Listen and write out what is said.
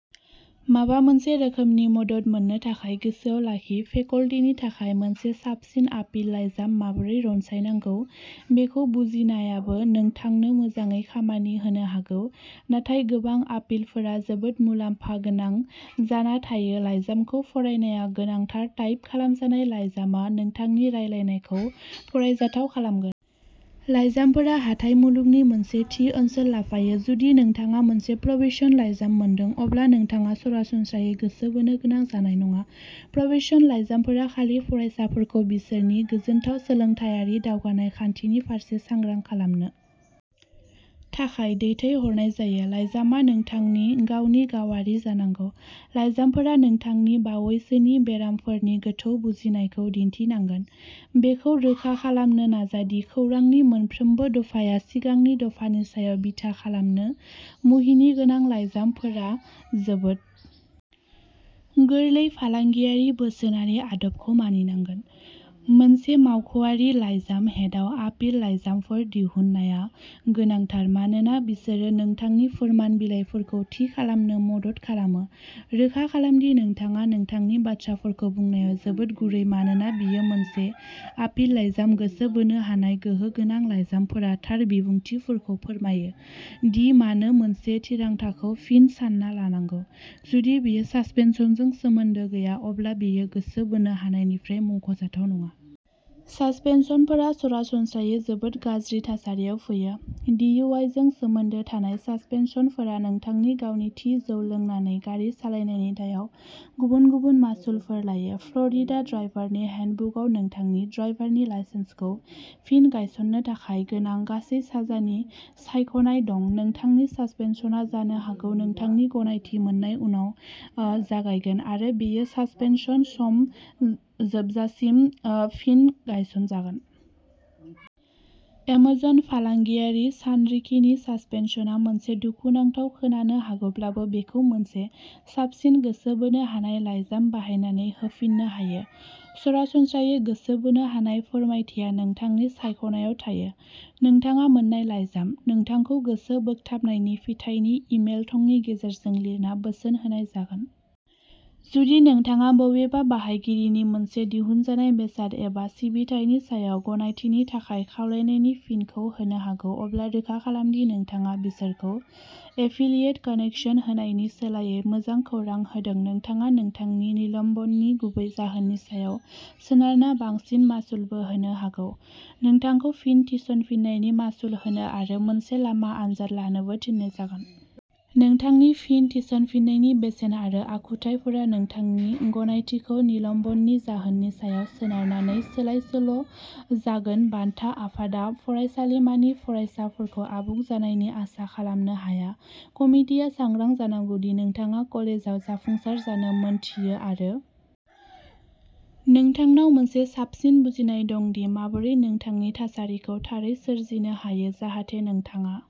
माबा मोनसे रोखोमनि मदद मोननो थाखाय गोसोआव लाखि फेकल्टीनि थाखाय मोनसे साबसिन आपिल लाइजाम माबोरै रनसायनांगौ बेखौ बुजिनायाबो नोंथांनो मोजाङै खामानि होनो हागौ नाथाय गोबां आपिलफोरा जोबोद मुलाम्फा गोनां जाना थायो लाइजामखौ फरायनाया गोनांथार टाइप खालामजानाय लाइजामआ नोंथांनि रायलायनायखौ फरायजाथाव खालामगोन। लाइजामफोरा हाथाइ मुलुगनि मोनसे थि ओनसोल लाफायो। जुदि नोंथाङा मोनसे प्रबेशन लाइजाम मोनदों अब्ला नोंथाङा सरासनस्रायै गोसो बोनो गोनां जानाय नङा प्रबेशन लाइजामफोरा खालि फरायसाफोरखौ बिसोरनि गोजोनथाव सोलोंथायारि दावगानाय खान्थिनि फारसे सांग्रां खालामनो थाखाय दैथाय हरनाय जायो लाइजामआ नोंथांनि गावनि गावारि जानांगौ लाइजामफोरा नोंथांनि बावैसोनि बेरामफोरनि गोथौ बुजिनायखौ दिन्थिनांगोन बेखौ रोखा खालामनो नाजा दि खौरांनि मोनफ्रोमबो दफाया सिगांनि दफानि सायाव बिथा खालामो मुहिनि गोनां लाइजामफोरा जोबोद गोरलै फालांगियारि बोसोनारि आदबखौ मानिनांगोन मोनसे मावख'आरि लाइजाम हेडआव आपिल लाइजामफोर दिहुननाया गोनांथार मानोना बिसोरो नोंथांनि फोरमान बिलाइफोरखौ थि खालामनो मदद खालामो रोखा खालाम दि नोंथाङा नोंथांनि बाथ्राफोरखौ बुंनायाव जोबोद गुरै मानोना बेयो मोनसे आपिल लाइजाम गोसो बोनो हानाय गोहो गोनां लाइजामफोरा थार बुंफोरथिफोरखौ फोरमायो दि मानो मोनसे थिरांथाखौ फिन सानना लानांगौ जुदि बेयो सासपेनसनजों सोमोन्दो गैया अब्ला बेयो गोसो बोनो हानायनिफ्राय मुंख'जाथाव नङा। सासपेनसनफोरा सरासनस्रायै जोबोद गाज्रि थासारियाव फैयो। दि इउ आइ जों सोमोन्दो थानाय सासपेनसनफोरा नोंथांनि गावनि थि जौ लोंनानै गारि सालायनायनि दायाव गुबुन गुबुन मासुलफोर लायो फ्ल'रिडा ड्राइभारनि हेन्डबुकआव नोंथांनि ड्राइभारनि लाइसेन्सखौ फिन गायसननो थाखाय गोनां गासै साजानि सायख'नाय दं नोंथांनि सासपेनसनआ जानो हागौ नोंथांनि गनायथि मोन्नाय उनाव जागायगोन आरो बेयो सासपेनसन सम जोबजासिम फिन गायसनजागोन। एमेजन फालांगियारि सानरिखिनि सासपेनसनआ मोनसे दुखुनांथाव खोनानो हागौब्लाबो बेखौ मोनसे साबसिन गोसो बोनो हानाय लाइजाम बाहायनानै होफिननो हायो। सरासनस्रायै, गोसो बोनो हानाय फोरमायथिया नोंथांनि सायख'नायाव थायो। नोंथाङा मोन्नाय लाइजाम। नोंथांखौ गोसो बोगथाबनायनि फिथाइनि इमेल थंनि गेजेरजों लिरना बोसोन होनाय जागोन। जुदि नोंथाङा बबेबा बाहायगिरिनि मोनसे दिहुनजानाय बेसाद एबा सिबिथायनि सायाव गनायथिनि थाखाय खावलायनायनि फिनखौ होनो हागौ अब्ला रोखा खालाम दि नोंथाङा बिसोरखौ एफिलियेट कानेकसन होनायनि सोलायै मोजां खौरां होदों नोंथाङा नोंथांनि निलम्बननि गुबै जाहोननि सायाव सोनारना बांसिन मासुलबो होनो हागौ नोंथांखौ फिन थिसनफिन्नायनि मासुल होनो आरो मोनसे लामा आनजाद लानोबो थिननाय जागोन। नोंथांनि फिन थिसनफिन्नायनि बेसेन आरो आखुथायफोरा नोंथांनि गनायथिखौ निलम्बननि जाहोननि सायाव सोनारनानै सोलाय सोल'जागोन बान्था आफादा फरायसालिमानि फरायसाफोरखौ आबुं जानायनि आसा खालामनो हाया कमितिआ सांग्रां जानांगौ दि नोंथाङा कलेजाव जाफुंसार जानो मिन्थियो आरो नोंथांनाव मोनसे साबसिन बुजिनाय दं दि माबोरै नोंथांनि थासारिखौ थारै सोरजिनो हायो जाहाथे नोंथाङा